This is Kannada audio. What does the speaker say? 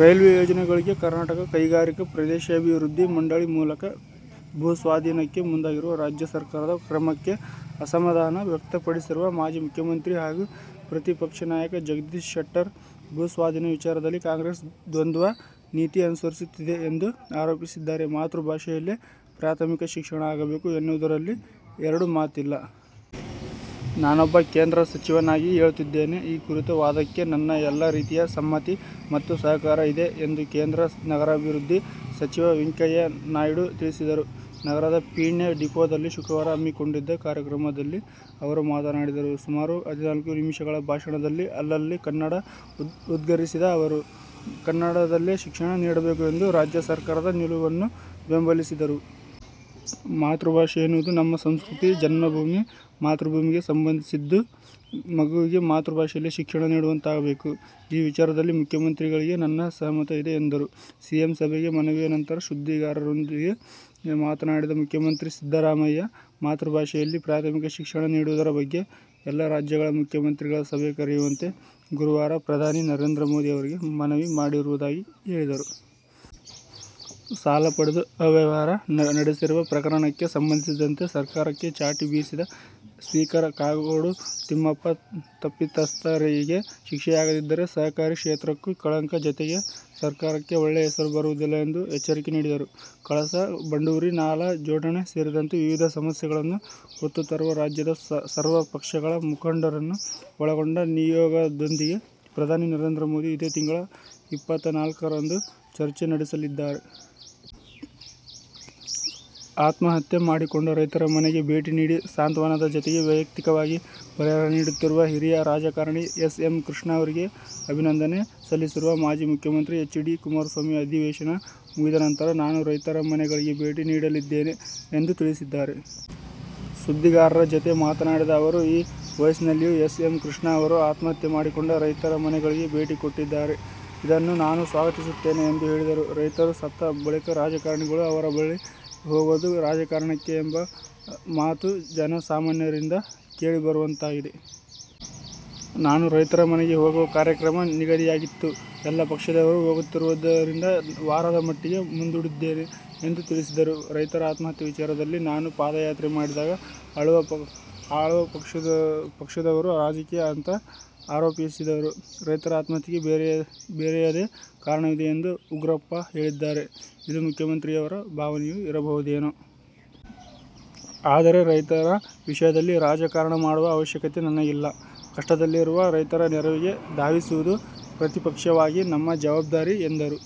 ರೈಲ್ವೆ ಯೋಜನೆಗಳಿಗೆ ಕರ್ನಾಟಕ ಕೈಗಾರಿಕಾ ಪ್ರದೇಶಾಭಿವೃದ್ಧಿ ಮಂಡಳಿ ಮೂಲಕ ಭೂಸ್ವಾಧೀನಕ್ಕೆ ಮುಂದಾಗಿರುವ ರಾಜ್ಯ ಸರ್ಕಾರದ ಕ್ರಮಕ್ಕೆ ಅಸಮಾಧಾನ ವ್ಯಕ್ತಪಡಿಸಿರುವ ಮಾಜಿ ಮುಖ್ಯಮಂತ್ರಿ ಹಾಗೂ ಪ್ರತಿಪಕ್ಷ ನಾಯಕ ಜಗದೀಶ್ ಶೆಟ್ಟರ್ ಭೂಸ್ವಾಧೀನ ವಿಚಾರದಲ್ಲಿ ಕಾಂಗ್ರೆಸ್ ದ್ವಂದ್ವ ನೀತಿ ಅನುಸರಿಸುತ್ತಿದೆ ಎಂದು ಆರೋಪಿಸಿದ್ದಾರೆ. "ಮಾತೃಭಾಷೆಯಲ್ಲೇ ಪ್ರಾಥಮಿಕ ಶಿಕ್ಷಣ ಆಗಬೇಕು ಎನ್ನುವುದರಲ್ಲಿ ಎರಡು ಮಾತಿಲ್ಲ. ನಾನೊಬ್ಬ ಕೇಂದ್ರ ಸಚಿವನಾಗಿ ಹೇಳುತ್ತಿದ್ದೇನೆ. ಈ ಕುರಿತ ವಾದಕ್ಕೆ ನನ್ನ ಎಲ್ಲ ರೀತಿಯ ಸಮ್ಮತಿ ಮತ್ತು ಸಹಕಾರ ಇದೆ' ಎಂದು ಕೇಂದ್ರ ನಗರಾಭಿವೃದ್ಧಿ ಸಚಿವ ವೆಂಕಯ್ಯನಾಯ್ಡು ತಿಳಿಸಿದರು. ನಗರದ ಪೀಣ್ಯ ಡಿಪೋದಲ್ಲಿ ಶುಕ್ರವಾರ ಹಮ್ಮಿಕೊಂಡಿದ್ದ ಕಾರ್ಯಕ್ರಮದಲ್ಲಿ ಅವರು ಮಾತನಾಡಿದರು. ಸುಮಾರು ಹದಿನಾಲ್ಕು ನಿಮಿಷಗಳ ಭಾಷಣದಲ್ಲಿ ಅಲ್ಲಲ್ಲಿ ಕನ್ನಡ ಉದ್ಗರಿಸಿದ ಅವರು, ಕನ್ನಡದಲ್ಲೇ ಶಿಕ್ಷಣ ನೀಡಬೇಕು ಎಂಬ ರಾಜ್ಯ ಸರ್ಕಾರದ ನಿಲುವನ್ನು ಬೆಂಬಲಿಸಿದರು. ಮಾತೃಭಾಷೆ ಎನ್ನುವುದು ನಮ್ಮ ಸಂಸ್ಕೃತಿ, ಜನ್ಮಭೂಮಿ, ಮಾತೃಭೂಮಿಗೆ ಸಂಬಂಧಿಸಿದ್ದು. ಮಗುವಿಗೆ ಮಾತೃಭಾಷೆಯಲ್ಲೇ ಶಿಕ್ಷಣ ನೀಡುವಂತಾಗಬೇಕು. ಈ ವಿಚಾರದಲ್ಲಿ ಮುಖ್ಯಮಂತ್ರಿಗಳಿಗೆ ನನ್ನ ಸಹಮತ ಇದೆ ಎಂದರು. ಸಿಎಂ ಸಭೆಗೆ ಮನವಿಯ ನಂತರ ಸುದ್ದಿಗಾರರೊಂದಿಗೆ ಮಾತನಾಡಿದ ಮುಖ್ಯಮಂತ್ರಿ ಸಿದ್ದರಾಮಯ್ಯ, ಮಾತೃಭಾಷೆಯಲ್ಲಿ ಪ್ರಾಥಮಿಕ ಶಿಕ್ಷಣ ನೀಡುವುದರ ಬಗ್ಗೆ ಎಲ್ಲ ರಾಜ್ಯಗಳ ಮುಖ್ಯಮಂತ್ರಿಗಳ ಸಭೆ ಕರೆಯುವಂತೆ ಗುರುವಾರ ಪ್ರಧಾನಿ ನರೇಂದ್ರ ಮೋದಿ ಅವರಿಗೆ ಮನವಿ ಮಾಡಿರುವುದಾಗಿ ಹೇಳಿದರು. ಸಾಲ ಪಡೆದು ಅವ್ಯವಹಾರ ನಡೆಸಿರುವ ಪ್ರಕರಣಕ್ಕೆ ಸಂಬಂಧಿಸಿದಂತೆ ಸರ್ಕಾರಕ್ಕೆ ಚಾಟಿ ಬೀಸಿದ ಸ್ಪೀಕರ್ ಕಾಗೋಡು ತಿಮ್ಮಪ್ಪ, ತಪ್ಪಿತಸ್ಥರಿಗೆ ಶಿಕ್ಷೆಯಾಗದಿದ್ದರೆ ಸಹಕಾರಿ ಕ್ಷೇತ್ರಕ್ಕೂ ಕಳಂಕ ಜತೆಗೆ ಸರ್ಕಾರಕ್ಕೆ ಒಳ್ಳೆ ಹೆಸರು ಬರುವುದಿಲ್ಲ ಎಂದು ಎಚ್ಚರಿಕೆ ನೀಡಿದರು. ಕಳಸಾ- ಬಂಡೂರಿ ನಾಲಾ ಜೋಡಣೆ ಸೇರಿದಂತೆ ವಿವಿಧ ಸಮಸ್ಯೆಗಳನ್ನು ಹೊತ್ತು ತರುವ ರಾಜ್ಯದ ಸರ್ವಪಕ್ಷಗಳ ಮುಖಂಡರನ್ನು ಒಳಗೊಂಡ ನಿಯೋಗದೊಂದಿಗೆ ಪ್ರಧಾನಿ ನರೇಂದ್ರ ಮೋದಿ ಇದೇ ತಿಂಗಳ ಇಪ್ಪತ್ತ ನಾಲ್ಕರಂದು ಚರ್ಚೆ ನಡೆಸಲಿದ್ದಾರೆ. ಆತ್ಮಹತ್ಯೆ ಮಾಡಿಕೊಂಡ ರೈತರ ಮನೆಗೆ ಭೇಟಿ ನೀಡಿ ಸಾಂತ್ವನದ ಜತೆಗೆ ವೈಯಕ್ತಿಕವಾಗಿ ಪರಿಹಾರ ನೀಡುತ್ತಿರುವ ಹಿರಿಯ ರಾಜಕಾರಣಿ ಎಸ್. ಎಂ. ಕೃಷ್ಣ ಅವರಿಗೆ ಅಭಿನಂದನೆ ಸಲ್ಲಿಸಿರುವ ಮಾಜಿ ಮುಖ್ಯಮಂತ್ರಿ ಎಚ್. ಡಿ. ಕುಮಾರಸ್ವಾಮಿ ಅಧಿವೇಶನ ಮುಗಿದ ನಂತರ ನಾನೂ ರೈತರ ಮನೆಗಳಿಗೆ ಭೇಟಿ ನೀಡಲಿದ್ದೇನೆ ಎಂದು ತಿಳಿಸಿದ್ದಾರೆ. ಸುದ್ದಿಗಾರರ ಜತೆ ಮಾತನಾಡಿದ ಅವರು ಈ ವಯಸ್ಸಿನಲ್ಲಿಯೂ ಎಸ್. ಎಂ. ಕೃಷ್ಣ ಅವರು ಆತ್ಮಹತ್ಯೆ ಮಾಡಿಕೊಂಡ ರೈತರ ಮನೆಗಳಿಗೆ ಭೇಟಿ ಕೊಟ್ಟಿದ್ದಾರೆ. ಇದನ್ನು ನಾನು ಸ್ವಾಗತಿಸುತ್ತೇನೆ ಎಂದು ಹೇಳಿದರು. ರೈತರು ಸತ್ತ ಬಳಿಕ ರಾಜಕಾರಣಿಗಳು ಅವರ ಬಳಿ ಹೋಗೋದು ರಾಜಕಾರಣಕ್ಕೆ ಎಂಬ ಮಾತು ಜನಸಾಮಾನ್ಯರಿಂದ ಕೇಳಿಬರುವಂತಾಗಿದೆ. ನಾನೂ ರೈತರ ಮನೆಗೆ ಹೋಗುವ ಕಾರ್ಯಕ್ರಮ ನಿಗದಿಯಾಗಿತ್ತು. ಎಲ್ಲ ಪಕ್ಷದವರು ಹೋಗುತ್ತಿರುವುದರಿಂದ ವಾರದ ಮಟ್ಟಿಗೆ ಮುಂದೂಡಿದ್ದೇನೆ ಎಂದು ತಿಳಿಸಿದರು. ರೈತರ ಆತ್ಮಹತ್ಯೆ ವಿಚಾರದಲ್ಲಿ ನಾನು ಪಾದಯಾತ್ರೆ ಮಾಡಿದಾಗ ಆಳುವ ಪಕ್ಷದವರು ರಾಜಕೀಯ ಅಂತ ಆರೋಪಿಸಿದರು. ರೈತರ ಆತ್ಮಹತ್ಯೆಗೆ ಬೇರೆಯದೇ ಕಾರಣವಿದೆ ಎಂದು ಉಗ್ರಪ್ಪ ಹೇಳಿದ್ದಾರೆ. ಇದು ಮುಖ್ಯಮಂತ್ರಿಯವರ ಭಾವನೆಯೂ ಇರಬಹುದೇನೋ. ಆದರೆ, ರೈತರ ವಿಷಯದಲ್ಲಿ ರಾಜಕಾರಣ ಮಾಡುವ ಅವಶ್ಯಕತೆ ನನಗಿಲ್ಲ. ಕಷ್ಟದಲ್ಲಿರುವ ರೈತರ ನೆರವಿಗೆ ಧಾವಿಸುವುದು ಪ್ರತಿಪಕ್ಷವಾಗಿ ನಮ್ಮ ಜವಾಬ್ದಾರಿ ಎಂದರು.